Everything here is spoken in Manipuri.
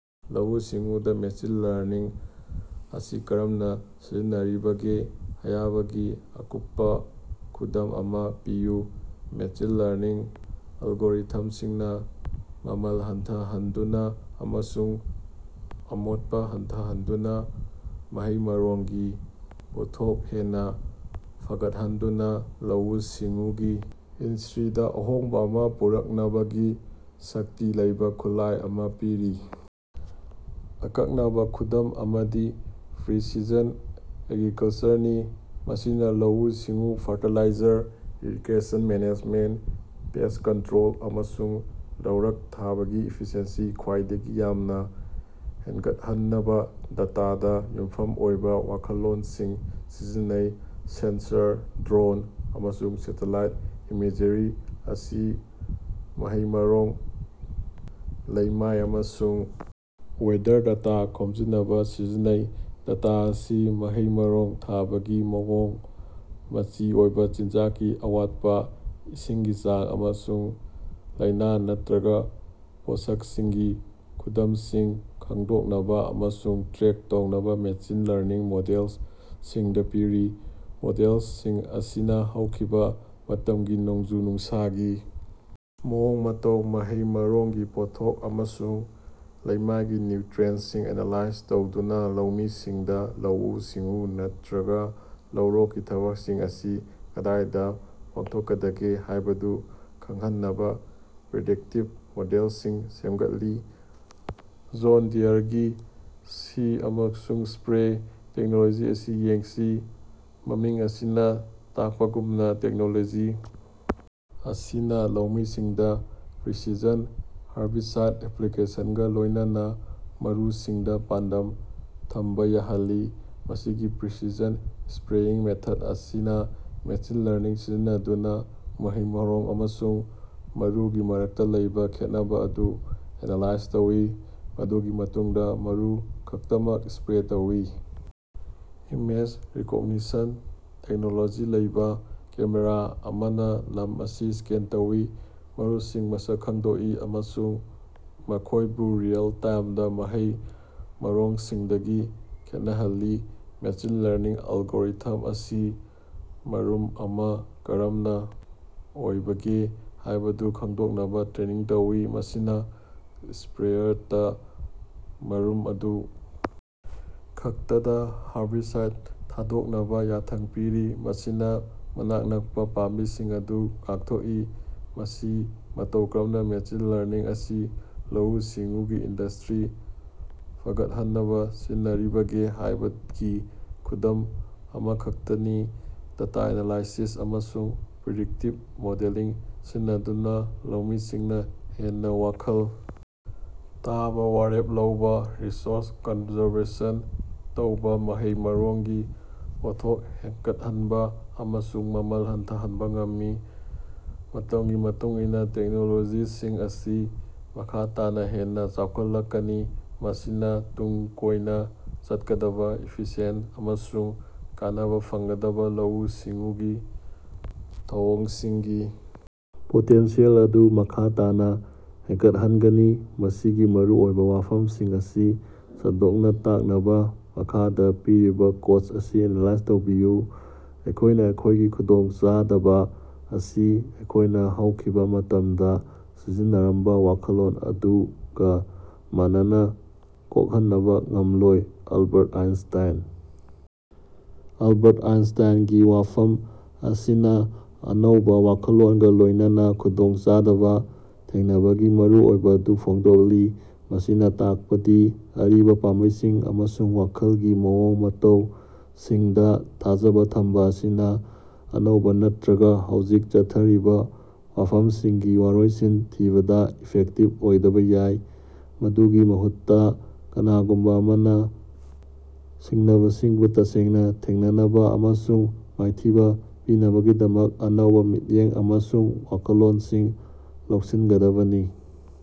ꯂꯧꯑꯨ-ꯁꯤꯡꯑꯨꯗꯥ ꯃꯦꯁꯤꯟ ꯂꯔꯅꯤꯡ ꯑꯁꯤ ꯀꯔꯝꯅꯥ ꯁꯤꯖꯤꯟꯅꯔꯤꯕꯒꯦ ꯍꯥꯌꯕꯒꯤ ꯑꯀꯨꯞꯄꯥ ꯈꯨꯗꯝ ꯑꯃꯥ ꯄꯤꯌꯨ꯫ ꯃꯦꯁꯤꯟ ꯂꯔꯅꯤꯡ ꯑꯜꯒꯣꯔꯤꯊꯝꯁꯤꯡꯅꯥ ꯃꯃꯜ ꯍꯟꯊꯍꯟꯗꯨꯅꯥ ꯑꯃꯁꯨꯡ ꯑꯃꯣꯠꯄꯥ ꯍꯟꯊꯍꯟꯗꯨꯅꯥ ꯃꯍꯩ-ꯃꯔꯣꯡꯒꯤ ꯄꯣꯠꯊꯣꯛ ꯍꯦꯟꯅꯥ ꯐꯒꯠꯍꯟꯗꯨꯅꯥ ꯂꯧꯑꯨ-ꯁꯤꯡꯑꯨꯒꯤ ꯏꯟꯁ꯭ꯔꯤꯗꯥ ꯑꯍꯣꯡꯕꯥ ꯑꯃꯥ ꯄꯨꯔꯛꯅꯕꯒꯤ ꯁꯛꯇꯤ ꯂꯩꯕꯥ ꯈꯨꯠꯂꯥꯏ ꯑꯃꯥ ꯄꯤꯔꯤ꯫ ꯑꯀꯛꯅꯕꯥ ꯈꯨꯗꯝ ꯑꯃꯗꯤ ꯄ꯭ꯔꯤꯁꯤꯁꯟ ꯑꯦꯒ꯭ꯔꯤꯀꯂꯆꯔꯅꯤ, ꯃꯁꯤꯅꯥ ꯂꯧꯑꯨ-ꯁꯤꯡꯑꯨ, fertiliser, irrigation management, pest control, ꯑꯃꯁꯨꯡ ꯂꯧꯔꯛ ꯊꯥꯕꯒꯤ ꯏꯐꯤꯁꯤꯑꯦꯟꯁꯤ ꯈ꯭ꯋꯥꯏꯗꯒꯤ ꯌꯥꯝꯅꯥ ꯍꯦꯟꯒꯠꯍꯟꯅꯕꯥ ꯗꯥꯇꯥꯗꯥ ꯌꯨꯝꯐꯝ ꯑꯣꯏꯕꯥ ꯋꯥꯈꯜꯂꯣꯟꯁꯤꯡ ꯁꯤꯖꯤꯟꯅꯩ꯫ ꯁꯦꯟꯁꯔ, ꯗ꯭ꯔꯣꯟ, ꯑꯃꯁꯨꯡ ꯁꯦꯇꯦꯂꯥꯏꯠ ꯏꯃꯦꯖ꯭ꯔꯤ ꯑꯁꯤ ꯃꯍꯩ-ꯃꯔꯣꯡ, ꯂꯩꯃꯥꯏ ꯑꯃꯁꯨꯡ ꯋꯦꯗꯔ ꯗꯦꯇꯥ ꯈꯣꯝꯖꯤꯟꯅꯕꯥ ꯁꯤꯖꯤꯟꯅꯩ꯫ ꯗꯦꯇꯥ ꯑꯁꯤ ꯃꯍꯩ-ꯃꯔꯣꯡ ꯊꯥꯕꯒꯤ ꯃꯑꯣꯡ, ꯃꯆꯤ ꯑꯣꯏꯕꯥ ꯆꯤꯟꯖꯥꯛꯀꯤ ꯑꯋꯥꯠꯄꯥ, ꯏꯁꯤꯡꯒꯤ ꯆꯥꯡ, ꯑꯃꯁꯨꯡ ꯂꯥꯏꯅꯥ ꯅꯠꯇ꯭ꯔꯒꯥ ꯄꯣꯠꯁꯛꯁꯤꯡꯒꯤ ꯈꯨꯗꯝꯁꯤꯡ ꯈꯡꯗꯣꯛꯅꯕꯥ ꯑꯃꯁꯨꯡ ꯇ꯭ꯔꯦꯛ ꯇꯧꯅꯕꯥ ꯃꯦꯁꯤꯟ ꯂꯔꯅꯤꯡ ꯃꯣꯗꯦꯜꯁꯤꯡꯗꯥ ꯄꯤꯔꯤ꯫ ꯃꯣꯗꯦꯜꯁꯤꯡ ꯑꯁꯤꯅꯥ ꯍꯧꯈꯤꯕꯥ ꯃꯇꯝꯒꯤ ꯅꯣꯡꯖꯨ-ꯅꯨꯡꯁꯥꯒꯤ ꯃꯑꯣꯡ-ꯃꯇꯧ, ꯃꯍꯩ-ꯃꯔꯣꯡꯒꯤ ꯄꯣꯠꯊꯣꯛ, ꯑꯃꯁꯨꯡ ꯂꯩꯃꯥꯏꯒꯤ ꯅ꯭ꯌꯨꯇ꯭ꯔꯤꯑꯦꯟꯇꯁꯤꯡ ꯑꯦꯅꯥꯂꯥꯏꯖ ꯇꯧꯗꯨꯅꯥ ꯂꯧꯃꯤꯁꯤꯡꯗꯥ ꯂꯧꯑꯨ-ꯁꯤꯡꯑꯨ ꯅꯠꯇ꯭ꯔꯥꯒ ꯂꯧꯔꯣꯛꯀꯤ ꯊꯕꯛꯁꯤꯡ ꯑꯁꯤ ꯀꯗꯥꯏꯗꯥ ꯄꯥꯡꯊꯣꯛꯀꯗꯒꯦ ꯍꯥꯌꯕꯗꯨ ꯈꯡꯍꯟꯅꯕꯥ ꯄ꯭ꯔꯤꯗꯤꯛꯇꯤꯚ ꯃꯣꯗꯦꯂꯁꯤꯡ ꯁꯦꯝꯒꯠꯂꯤ꯫ ꯖꯣꯟ ꯗꯤꯌꯔꯒꯤ "ꯁꯤ ꯑꯃꯁꯨꯡ ꯁꯄ꯭ꯔꯦ" ꯇꯦꯛꯅꯣꯂꯣꯖꯤ ꯑꯁꯤ ꯌꯦꯡꯁꯤ꯫ ꯃꯃꯤꯡ ꯑꯁꯤꯅꯥ ꯇꯥꯛꯄꯒꯨꯝꯅꯥ ꯇꯦꯛꯅꯣꯂꯣꯖꯤ ꯑꯁꯤꯅꯥ ꯂꯧꯃꯤꯁꯤꯡꯗꯥ ꯄ꯭ꯔꯤꯁꯤꯁꯟ ꯍꯥꯔꯕꯤꯁꯥꯏꯗ ꯑꯦꯄ꯭ꯂꯤꯀꯦꯁꯒ ꯂꯣꯌꯅꯅꯥ ꯃꯔꯨꯁꯤꯡꯗꯥ ꯄꯥꯟꯗꯝ ꯊꯝꯕꯥ ꯌꯥꯍꯜꯂꯤ꯫ ꯃꯁꯤꯒꯤ ꯄ꯭ꯔꯤꯁꯤꯁꯟ ꯁꯄ꯭ꯔꯦꯌꯤꯡ ꯃꯦꯊꯗ ꯑꯁꯤꯅꯥ ꯃꯦꯁꯤꯟ ꯂꯔꯅꯤꯡ ꯁꯤꯖꯤꯟꯅꯗꯨꯅꯥ ꯃꯍꯩ-ꯃꯔꯣꯡ ꯑꯃꯁꯨꯡ ꯃꯔꯨꯒꯤ ꯃꯔꯛꯇꯥ ꯂꯩꯕꯥ ꯈꯦꯠꯅꯕꯥ ꯑꯗꯨ ꯑꯦꯅꯥꯂꯥꯏꯖ ꯇꯧꯏ ꯃꯗꯨꯒꯤ ꯃꯇꯨꯡꯗꯥ ꯃꯔꯨ ꯈꯛꯇꯃꯛ ꯁꯄ꯭ꯔꯦ ꯇꯧꯏ꯫ ꯏꯃꯦꯖ-ꯔꯤꯀꯣꯒꯅꯤꯁꯟ ꯇꯦꯛꯅꯣꯂꯣꯖꯤ ꯂꯩꯕꯥ ꯀꯦꯃꯦꯔꯥ ꯑꯃꯅꯥ ꯂꯝ ꯑꯁꯤ ꯁ꯭ꯀꯦꯟ ꯇꯧꯏ, ꯃꯔꯨꯁꯤꯡ ꯃꯁꯛ ꯈꯉꯗꯣꯀꯏ ꯑꯃꯁꯨꯡ ꯃꯈꯣꯌꯕꯨ ꯔꯤꯑꯦꯜ-ꯇꯥꯏꯃꯗꯥ ꯃꯍꯩ-ꯃꯔꯣꯡꯁꯤꯡꯗꯒꯤ ꯈꯦꯠꯅꯍꯜꯂꯤ꯫ ꯃꯦꯁꯤꯟ ꯂꯔꯅꯤꯡ ꯑꯦꯜꯒꯣꯔꯤꯊꯝ ꯑꯁꯤ ꯃꯔꯨꯝ ꯑꯃꯥ ꯀꯔꯝꯅꯥ ꯑꯣꯏꯕꯒꯦ ꯍꯥꯌꯕꯗꯨ ꯈꯡꯗꯣꯛꯅꯕꯥ ꯇ꯭ꯔꯦꯟꯅꯤꯡ ꯇꯧꯏ, ꯃꯁꯤꯅꯥ ꯁꯄ꯭ꯔꯦꯌꯔꯗꯥ ꯃꯔꯨꯝ ꯑꯗꯨ ꯈꯛꯇꯗꯥ ꯍꯥꯔꯕꯤꯁꯥꯏꯗ ꯊꯥꯗꯣꯛꯅꯕꯥ ꯌꯥꯊꯪ ꯄꯤꯔꯤ, ꯃꯁꯤꯅꯥ ꯃꯅꯥꯛ ꯅꯀꯄꯥ ꯄꯥꯝꯕꯤꯁꯤꯡ ꯑꯗꯨ ꯉꯥꯛꯊꯣꯀꯏ꯫ ꯃꯁꯤ ꯃꯇꯧ ꯀꯔꯝꯅꯥ ꯃꯦꯁꯤꯟ ꯂꯔꯅꯤꯡ ꯑꯁꯤ ꯂꯧꯑꯨ-ꯁꯤꯡꯑꯨꯒꯤ ꯏꯟꯗꯁ꯭ꯔꯤ ꯐꯒꯠꯍꯟꯅꯕꯥ ꯁꯤꯖꯤꯟꯅꯔꯤꯕꯒꯦ ꯍꯥꯌꯕꯒꯤ ꯈꯨꯗꯝ ꯑꯃꯈꯛꯇꯅꯤ꯫ ꯗꯦꯇꯥ ꯑꯦꯅꯥꯂꯥꯏꯁꯤꯁ ꯑꯃꯁꯨꯡ ꯄ꯭ꯔꯤꯗꯤꯛꯇꯤꯚ ꯃꯣꯗꯦꯂꯤꯡ ꯁꯤꯖꯤꯟꯅꯗꯨꯅꯥ ꯂꯧꯃꯤꯁꯤꯡꯅꯥ ꯍꯦꯟꯅꯥ ꯋꯥꯈꯜ ꯇꯥꯕꯥ ꯋꯥꯔꯦꯞ ꯂꯧꯕꯥ, ꯔꯤꯁꯣꯔꯁ ꯀꯟꯖꯔꯕꯦꯁꯟ ꯇꯧꯕꯥ, ꯃꯍꯩ-ꯃꯔꯣꯡꯒꯤ ꯄꯣꯠꯊꯣꯛ ꯍꯦꯒꯠꯍꯟꯕꯥ ꯑꯃꯁꯨꯡ ꯃꯃꯜ ꯍꯟꯊꯍꯅꯕꯥ ꯉꯝꯃꯤ꯫ ꯃꯇꯝꯒꯤ ꯃꯇꯨꯡ ꯏꯟꯅꯥ ꯇꯦꯛꯅꯣꯂꯣꯖꯤꯁꯤꯡ ꯑꯁꯤ ꯃꯈꯥ ꯇꯥꯅꯥ ꯍꯦꯟꯅꯥ ꯆꯥꯎꯈꯠꯂꯛꯀꯅꯤ, ꯃꯁꯤꯅꯥ ꯇꯨꯡ ꯀꯣꯏꯅꯥ ꯆꯠꯀꯗꯕꯥ, ꯏꯐꯤꯁꯤꯌꯦꯟꯇ ꯑꯃꯁꯨꯡ ꯀꯥꯟꯅꯕꯥ ꯐꯪꯒꯗꯕꯥ ꯂꯧꯑꯨꯨ-ꯁꯤꯡꯨꯒꯤ ꯊꯧꯑꯣꯡꯁꯤꯡꯒꯤ ꯄꯣꯇꯦꯟꯁꯤꯌꯦꯜ ꯑꯗꯨ ꯃꯈꯥ ꯇꯥꯅꯥ ꯍꯦꯟꯒꯠꯍꯟꯒꯅꯤ꯫ ꯃꯁꯤꯒꯤ ꯃꯔꯨꯑꯣꯏꯕꯥ ꯋꯥꯐꯃꯁꯤꯡ ꯑꯁꯤ ꯁꯟꯗꯣꯛꯅꯥ ꯇꯥꯛꯅꯕꯥ ꯃꯈꯥꯗꯥ ꯄꯤꯔꯤꯕꯥ ꯀꯣꯠ ꯑꯁꯤ ꯑꯦꯅꯥꯂꯥꯏꯖ ꯇꯧꯕꯤꯌꯨ꯫ "ꯑꯩꯈꯣꯏꯅꯥ ꯑꯩꯈꯣꯏꯒꯤ ꯈꯨꯗꯣꯡ ꯆꯥꯗꯕ ꯑꯁꯤ ꯑꯩꯈꯣꯌꯅꯥ ꯍꯧꯈꯤꯕꯥ ꯃꯇꯃꯗꯥ ꯁꯤꯖꯤꯟꯅꯔꯝꯕꯥ ꯋꯥꯈꯜꯂꯣꯟ ꯑꯗꯨꯒꯥ ꯃꯥꯟꯅꯅꯥ ꯀꯣꯛꯍꯟꯅꯕꯥ ꯉꯝꯂꯣꯏ꯫" Albert Einstein. ꯑꯦꯂꯕꯥꯔꯠ ꯑꯥꯏꯟꯁꯥꯏꯟꯒꯤ ꯋꯥꯐꯝ ꯑꯁꯤꯅꯥ ꯑꯅꯧꯕꯥ ꯋꯥꯈꯜꯂꯣꯒ ꯂꯣꯏꯅꯅꯥ ꯈꯨꯗꯣꯡ ꯆꯥꯗꯕ ꯊꯦꯡꯅꯕꯒꯤ ꯃꯔꯨꯑꯣꯏꯕꯥ ꯑꯗꯨ ꯐꯣꯡꯗꯣꯛꯂꯤ꯫ ꯃꯁꯤꯅꯥ ꯇꯥꯀꯄꯗꯤ ꯑꯔꯤꯕꯥ ꯄꯥꯝꯕꯩꯁꯤꯡ ꯑꯃꯁꯨꯡ ꯋꯥꯈꯂꯒꯤ ꯃꯑꯣꯡ ꯃꯇꯧꯁꯤꯡꯗꯥ ꯊꯥꯖꯕꯥ ꯊꯝꯕꯥ ꯑꯁꯤꯅꯥ ꯑꯅꯧꯕꯥ ꯅꯠꯇ꯭ꯔꯒꯥ ꯍꯧꯖꯤꯛ ꯆꯠꯊꯔꯤꯕꯥ ꯋꯥꯐꯃꯁꯤꯡꯒꯤ ꯋꯔꯣꯏꯁꯤꯟ ꯊꯤꯕꯗꯥ ꯏꯐꯦꯛꯇꯤꯕ ꯑꯣꯏꯗꯕꯥ ꯌꯥꯏ꯫ ꯃꯗꯨꯒꯤ ꯃꯍꯨꯠꯇꯥ, ꯀꯅꯥꯒꯨꯝꯕꯥ ꯑꯃꯅꯥ ꯁꯤꯡꯅꯕꯁꯤꯡꯕꯨ ꯇꯁꯦꯡꯅꯥ ꯊꯦꯡꯅꯅꯕꯥ ꯑꯃꯁꯨꯡ ꯃꯥꯏꯊꯤꯕꯥ ꯄꯤꯅꯕꯒꯤꯗꯃꯛ ꯑꯅꯧꯕꯥ ꯃꯤꯠꯌꯦꯡ ꯑꯃꯁꯨꯡ ꯋꯥꯈꯜꯂꯣꯅꯁꯤꯡ ꯂꯧꯁꯤꯟꯒꯗꯕꯅꯤ꯫।